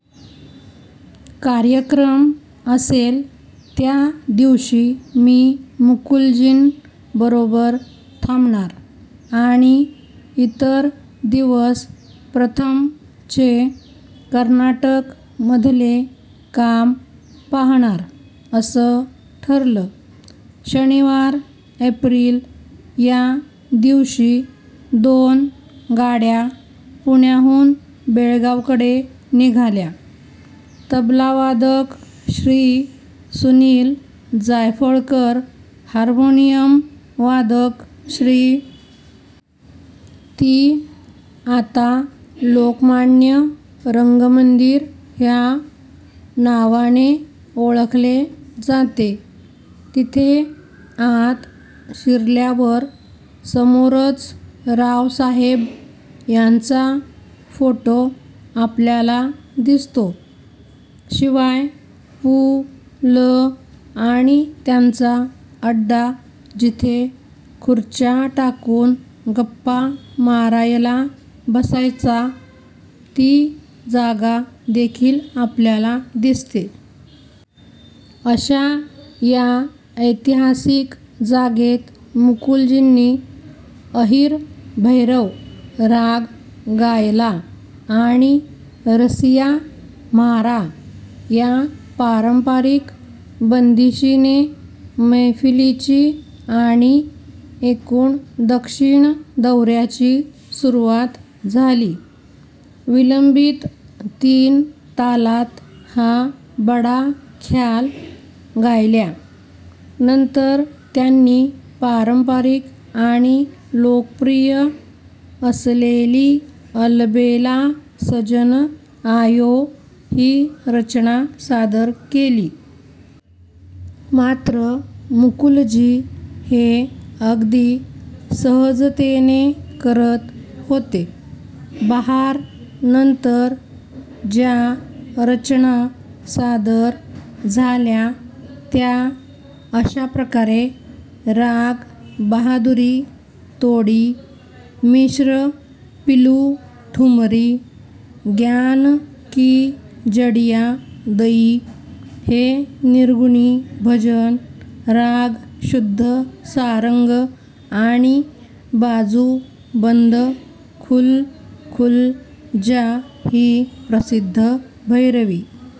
कार्यक्रम असेल त्यादिवशी मी मुकुलजीं बरोबर थांबणार आणि इतर दिवस 'प्रथम'चे कर्नाटक मधले काम पाहणार असं ठरलं. शनिवार एप्रिल या दिवशी दोन गाड्या पुण्याहून बेळगावकडे निघाल्या. तबलावादक श्री. सुनील जायफळकर, हार्मोनियम वादक श्री. ती आता लोकमान्य रंगमंदिर ह्या नावाने ओळखले जाते. तिथे आत शिरल्यावर समोरच 'रावसाहेब' यांचा फोटो आपल्याला दिसतो. शिवाय पु. लं आणि त्यांचा अड्डा जिथे खुर्च्या टाकून गप्पा मारायला बसायचा ती जागा देखील आपल्याला दिसते. अशा या ऐतिहासिक जागेत मुकुलजींनी 'अहिर भैरव' राग गायला आणि 'रसिया म्हारा' या पारंपरिक बंदिशीने मैफलीची आणि एकूण दक्षिण दौऱ्याची सुरुवात झाली. विलंबीत तीन तालात हा बडा ख्याल गायल्या नंतर त्यांनी पारंपरिक आणि लोकप्रिय असलेली 'अलबेला सजन आयो' ही रचना सादर केली. मात्र मुकुलजी हे अगदी सहजतेने करत होते. 'बहार' नंतर ज्या रचना सादर झाल्या त्या अशाप्रकारे राग बहादुरी तोडी, मिश्र पिलू ठुमरी, 'ग्यान की जडिया दयी' हे निर्गुणी भजन, राग शुद्ध सारंग आणि 'बाजू बंद खुल खुल जा' ही प्रसिद्ध भैरवी.